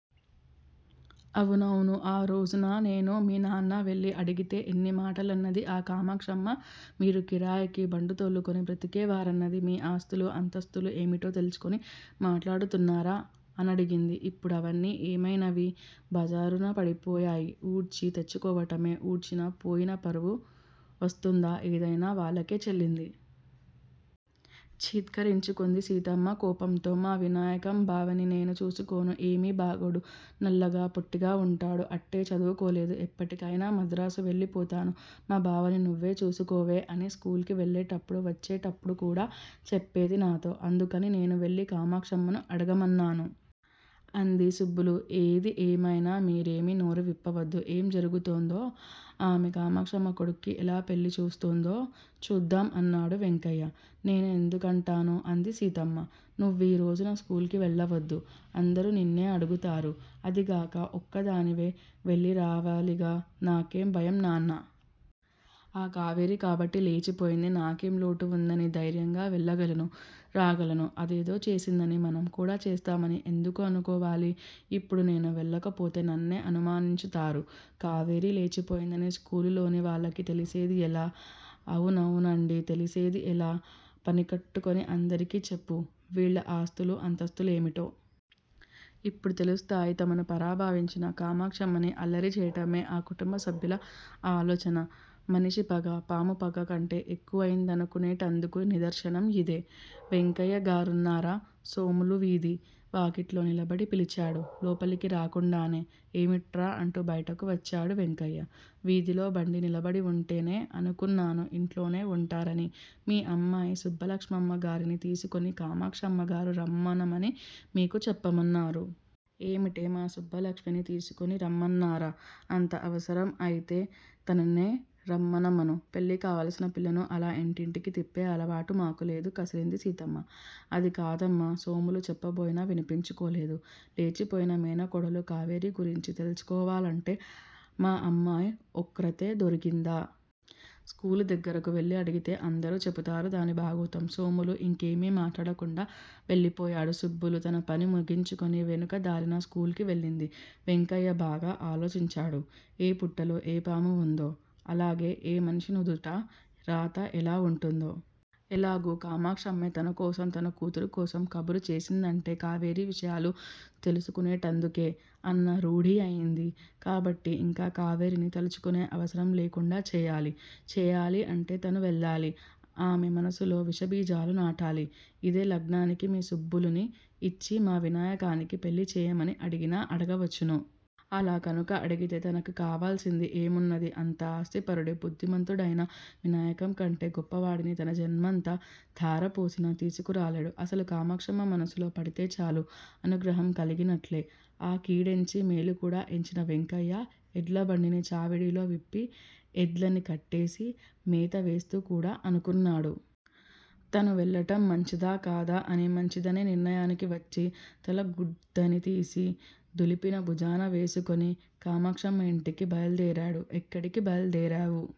అవునవును! ఆరోజున నేనూ, మీనాన్నా వెళ్ళి అడిగితే ఎన్ని మాటలన్నది ఆ కామాక్షమ్మ? మీరు కిరాయికి బండితోలుకుని బ్రతికేవారన్నది. మీ ఆస్తులు అంతస్తులూ ఏమిటో తెలుసుకుని మాట్లాడుతున్నారా? అనడిగింది. ఇప్పుడవన్నీ ఏమయినవి? బజారున పడిపోయాయి! ఊడ్చి తెచ్చుకోవటమే! ఊడ్చినా పోయినపరువు వస్తుందా? ఏదయినా వాళ్ళకే చెల్లింది! ఛీత్కరించుకుంది సీతమ్మ కోపంతో! మా వినాయకం బావని నేను చేసుకోను! ఏమీ బాగోడు! నల్లగా పొట్టిగా వుంటాడు. అట్టే చదువుకోలేదు! ఎప్పటికయినా మద్రాసు వెళ్ళి పోతాను. మా బావని నువ్వే చేసుకోవే! అని స్కూలుకి వెళ్ళేటప్పుడు వచ్చేటప్పుడుకూడా చెప్పేది నాతో! అందుకని నేనువెళ్ళి కామాక్షమ్మను అడగమన్నాను! అంది సుబ్బులు! ఏది ఏమయినా మీరేమీ నోరు విప్పవద్దు! ఏం జరుగుతుందో? ఆ కామాక్షమ్మ కొడుక్కి ఎలా పెళ్ళి చూస్తుందో చూద్దాం! అన్నాడు వెంకయ్య. నేను ఎందుకంటాను? అంది సీతమ్మ. నువ్వీరోజున స్కూలుకి వెళ్ళవద్దు! అందరూ నిన్నే అడుగుతారు. అదీగాక ఒక్కదానివే వెళ్ళిరావాలిగా? నాకేం భయంనాన్నా? ఆ కావేరికాబట్టి లేచిపోయింది. నాకేం లోటు వుందని? ధైర్యంగా వెళ్ళగలనూ, రాగలను! అదేదో చేసిందని మనంకూడా చేస్తామని ఎందుకు అనుకోవాలి? యిప్పుడు నేను వెళ్ళకపోతే నన్నే అనుమానించుతారు! కావేరి లేచిపోయిందని స్కూలులోని వాళ్ళకి తెలిసేది ఎలా? అవునవునండీ! తెలిసేది ఎలా? పనికట్టుకుని అందరికీ చెప్పు! వీళ్ళ ఆస్తులూ అంతస్తులూ ఏమిటో? ఇప్పుడు తెలుస్తాయి. తమని పరాభావించిన కామాక్షమ్మని అల్లరి చేయటమే ఆ కుటుంబ సభ్యుల ఆలోచన! మనిషి పగ పాము పగ కంటే ఎక్కువయినదనుకునేటందుకు నిదర్శనం యిదే! వెంకయ్యగారున్నారా? సోములు వీధి వాకిట్లోనే నిలబడి పిలిచాడు లోపలికి రాకుండానే? ఏమిట్రా? అంటూ బైటికి వచ్చాడు వెంకయ్య. వీధిలో బండి నిలబడి వుంటేనే అనుకున్నాను యింట్లోనే వుంటారని మీ అమ్మాయి సుబ్బలక్ష్మమ్మ గారిని తీసుకుని కామాక్షమ్మగారు రమ్మనమని మీకు చెప్పమన్నారు! ఏమిటే? మా సుబ్బలక్ష్మిని తీసుకురమ్మన్నారా? అంత అవసరం అయితే తననే రమ్మనమను! పెళ్ళి కావాలసిన పిల్లని అలా ఇంటింటికీ తిప్పే అలవాటు మాకులేదు! కసిరింది సీతమ్మ. అది కాదమ్మా! సోములు చెప్పబోయినా వినిపించుకోలేదు. లేచిపోయిన మేనకోడలు కావేరి గురించి తెలుసుకోవాలంటే మా అమ్మాయి ఒక్రతే దొరికిందా? స్కూలు దగ్గరకు వెళ్ళి అడిగితే అందరూ చెప్పుతారు దాని బాగోతం! సోములు యింకేమీ మాట్లాడకుండా వెళ్ళిపోయాడు. సుబ్బులు తన పని ముగించుకుని వెనుక దారిన స్కూలుకి వెళ్ళింది. వెంకయ్య బాగా ఆలోచించాడు ఏ పుట్టలో ఏ పాము వుందో? అలాగే ఏ మనిషి నుదుట రాత ఎలా వుంటుందో? ఎలాగూ కామాక్షమ్మే తన కోసం తన కూతురు కోసం కబురు చేసిందంటే కావేరి విషయాలు తెలుసుకునేటందుకే! అన్న రూఢీ అయింది కాబట్టి యింక కావేరిని తలుచుకునే అవసరం లేకుండా చేయాలి! చేయాలీ అంటే తను వెళ్ళాలి! ఆమె మనసులో విష బీజాలు నాటాలి? యిదే లగ్నానికి మీ సుబ్బులుని యిచ్చి మా వినాయకానికి పెళ్ళి చేయమని అడిగినా అడగవచ్చును! అలా కనుక అడిగితే తనకి కావలసింది ఏమున్నది? అంత ఆస్థిపరుడు బుద్దిమంతుడయిన వినాయకం కంటే గొప్పవాడిని తన జనమంతా ధారాపోసినా తీసుకురాలేడు. అసలు కామాక్షమ్మ మనసులో పడితే చాలు! అనుగ్రహం కలిగినట్లే! అ కీడెంచి మేలు కూడా ఎంచిన వెంకయ్య ఎడ్ల బండిని చావిడిలో విప్పి ఎద్లని కట్టేసి మేత వేస్తూ కూడా అనుకున్నాడు. తను వెళ్ళటం మంచిదా? కాదా? అని! మంచిదనే నిర్ణయానికి వచ్చి తలగుడ్దని తీసి దులిపి భుజాన వేసుకుని కామాక్షమ్మ యింటికి బయలుదేరాడు. ఎక్కడికీ బయలుదేరావు